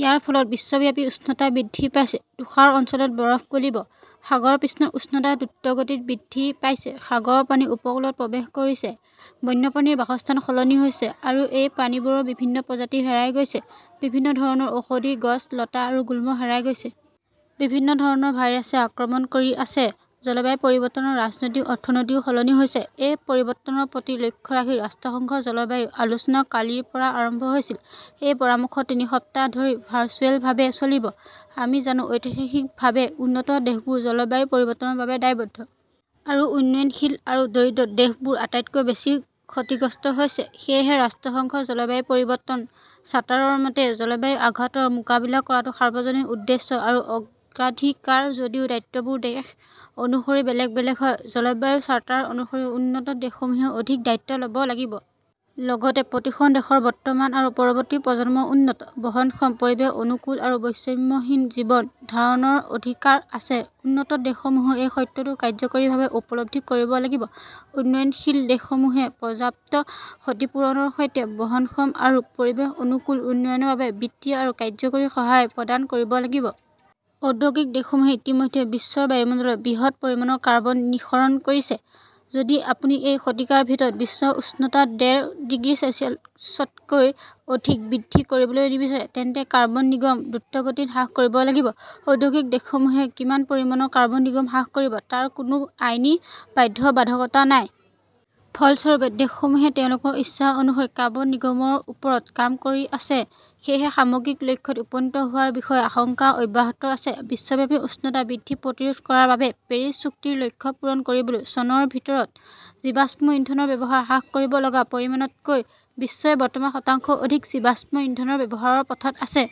ইয়াৰ ফলত বিশ্বব্যাপী উষ্ণতা বৃদ্ধি পাইছে। তুষাৰ অঞ্চলত বৰফ গলিব। সাগৰ পৃষ্ঠৰ উচ্চতা দ্ৰুতগতিত বৃদ্ধি পাইছে। সাগৰৰ পানী উপকূলত প্ৰৱেশ কৰিছে। বন্যপ্ৰাণীৰ বাসস্থান সলনি হৈছে। আৰু এই প্ৰাণীবোৰৰ বিভিন্ন প্ৰজাতি হেৰাই গৈছে। বিভিন্ন ধৰণৰ ঔষধি গছ, লতা আৰু গুল্ম হেৰাই গৈছে। বিভিন্ন ধৰণৰ ভাইৰাছে আক্ৰমণ কৰি আছে। জলবায়ু পৰিৱৰ্তনৰ ৰাজনৈতিক অৰ্থনীতিও সলনি হৈছে। সেই পৰিৱৰ্তনৰ প্ৰতি লক্ষ্য ৰাখি ৰাষ্ট্ৰসংঘৰ জলবায়ু আলোচনা কালিৰ পৰা আৰম্ভ হৈছিল। এই পৰামৰ্শ তিনি সপ্তাহ ধৰি ভাৰ্চুৱেলভাৱে চলিব। আমি জানো, ঐতিহাসিকভাৱে উন্নত দেশবোৰ জলবায়ু পৰিৱৰ্তনৰ বাবে দায়বদ্ধ। আৰু উন্নয়নশীল আৰু দৰিদ্ৰ দেশবোৰ আটাইতকৈ বেছি ক্ষতিগ্ৰস্ত হৈছে। সেয়েহে, ৰাষ্ট্ৰসংঘৰ জলবায়ু পৰিৱৰ্তন চাৰ্টাৰৰ মতে, জলবায়ু আঘাতৰ মোকাবিলা কৰাটো সাৰ্বজনীন উদ্দেশ্য আৰু অগ্ৰাধিকাৰ যদিও দায়িত্ববোৰ দেশ অনুসৰি বেলেগ বেলেগ হয়। জলবায়ু চাৰ্টাৰ অনুসৰি উন্নত দেশসমূহে অধিক দায়িত্ব ল "ব লাগিব। লগতে, প্ৰতিখন দেশৰ বৰ্তমান আৰু পৰৱৰ্তী প্ৰজন্মৰ উন্নত, বহনক্ষম, পৰিৱেশ অনুকূল আৰু বৈষম্যহীন জীৱন ধাৰণৰ অধিকাৰ আছে-উন্নত দেশসমূহে এই সত্যটো কাৰ্যকৰীভাৱে উপলব্ধি কৰিব লাগিব। উন্নয়নশীল দেশসমূহে পৰ্যাপ্ত ক্ষতিপূৰণৰ সৈতে বহনক্ষম আৰু পৰিৱেশ অনুকূল উন্নয়নৰ বাবে বিত্তীয় আৰু কাৰিকৰী সহায় প্ৰদান কৰিব লাগিব। ঔদ্যোগিক দেশসমূহে ইতিমধ্যে বিশ্বৰ বায়ুমণ্ডলত বৃহৎ পৰিমাণৰ কাৰ্বন নিঃসৰণ কৰিছে। যদি আপুনি এই শতিকাৰ ভিতৰত বিশ্বৰ উষ্ণতা ডেৰ ডিগ্ৰী চেলছিয়াছতকৈ অধিক বৃদ্ধি কৰিবলৈ নিবিচাৰে তেন্তে কাৰ্বন নিৰ্গমন দ্ৰুতগতিত হ্ৰাস কৰিব লাগিব। ঔদ্যোগিক দেশসমূহে কিমান পৰিমাণৰ কাৰ্বন নিৰ্গমন হ্ৰাস কৰিব তাৰ কোনো আইনী বাধ্যবাধকতা নাই। ফলস্বৰূপে, দেশসমূহে তেওঁলোকৰ ইচ্ছা অনুসৰি কাৰ্বন নিৰ্গমনৰ ওপৰত কাম কৰি আছে। সেয়েহে সামগ্ৰিক লক্ষ্যত উপনীত হোৱাৰ বিষয়ে আশংকা অব্যাহত আছে। বিশ্বব্যাপী উষ্ণতা বৃদ্ধি প্ৰতিৰোধ কৰাৰ বাবে পেৰিছ চুক্তিৰ লক্ষ্য পূৰণ কৰিবলৈ চনৰ ভিতৰত জীৱাশ্ম ইন্ধনৰ ব্যৱহাৰ হ্ৰাস কৰিব লগা পৰিমাণতকৈ বিশ্বই বৰ্তমান শতাংশ অধিক জীৱাশ্ম ইন্ধনৰ ব্যৱহাৰৰ পথত আছে।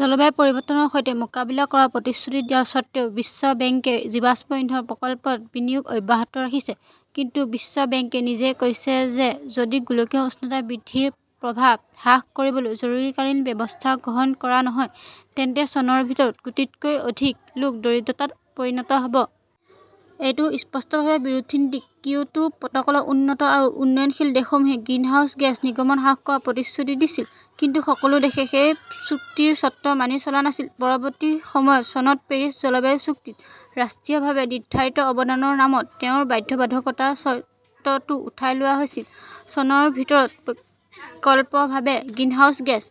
জলবায়ু পৰিৱৰ্তনৰ সৈতে মোকাবিলা কৰাৰ প্ৰতিশ্ৰুতি দিয়া স্বত্বেও বিশ্ব বেংকে জীৱাশ্ম ইন্ধন প্ৰকল্পত বিনিয়োগ অব্যাহত ৰাখিছে। কিন্তু বিশ্ব বেংকে নিজেই কৈছে যে যদি গোলকীয় উষ্ণতা বৃদ্ধিৰ প্ৰভাৱ হ্ৰাস কৰিবলৈ জৰুৰীকালীন ব্যৱস্থা গ্ৰহণ কৰা নহয় তেন্তে চনৰ ভিতৰত কোটিতকৈও অধিক লোক দৰিদ্ৰতাত পৰিণত হ 'ব। এইটো স্পষ্টভাৱে বিৰোধী নীতি। কিয়োটো প্ৰট "কলত উন্নত আৰু উন্নয়নশীল দেশসমূহে গ্ৰিনহাউজ গেছ নিৰ্গমন হ্ৰাস কৰাৰ প্ৰতিশ্ৰুতি দিছিল। কিন্তু সকলো দেশে সেই চুক্তিৰ চৰ্ত মানি চলা নাছিল। পৰৱৰ্তী সময়ত চনত পেৰিছ জলবায়ু চুক্তিত 'ৰাষ্ট্ৰীয়ভাৱে নিৰ্ধাৰিত অৱদান " ৰ নামত তেওঁৰ বাধ্যবাধকতাৰ চৰ্তটো উঠাই লোৱা হৈছিল। চনৰ ভিতৰত বিকল্পভাৱে গ্ৰিনহাউজ গেছ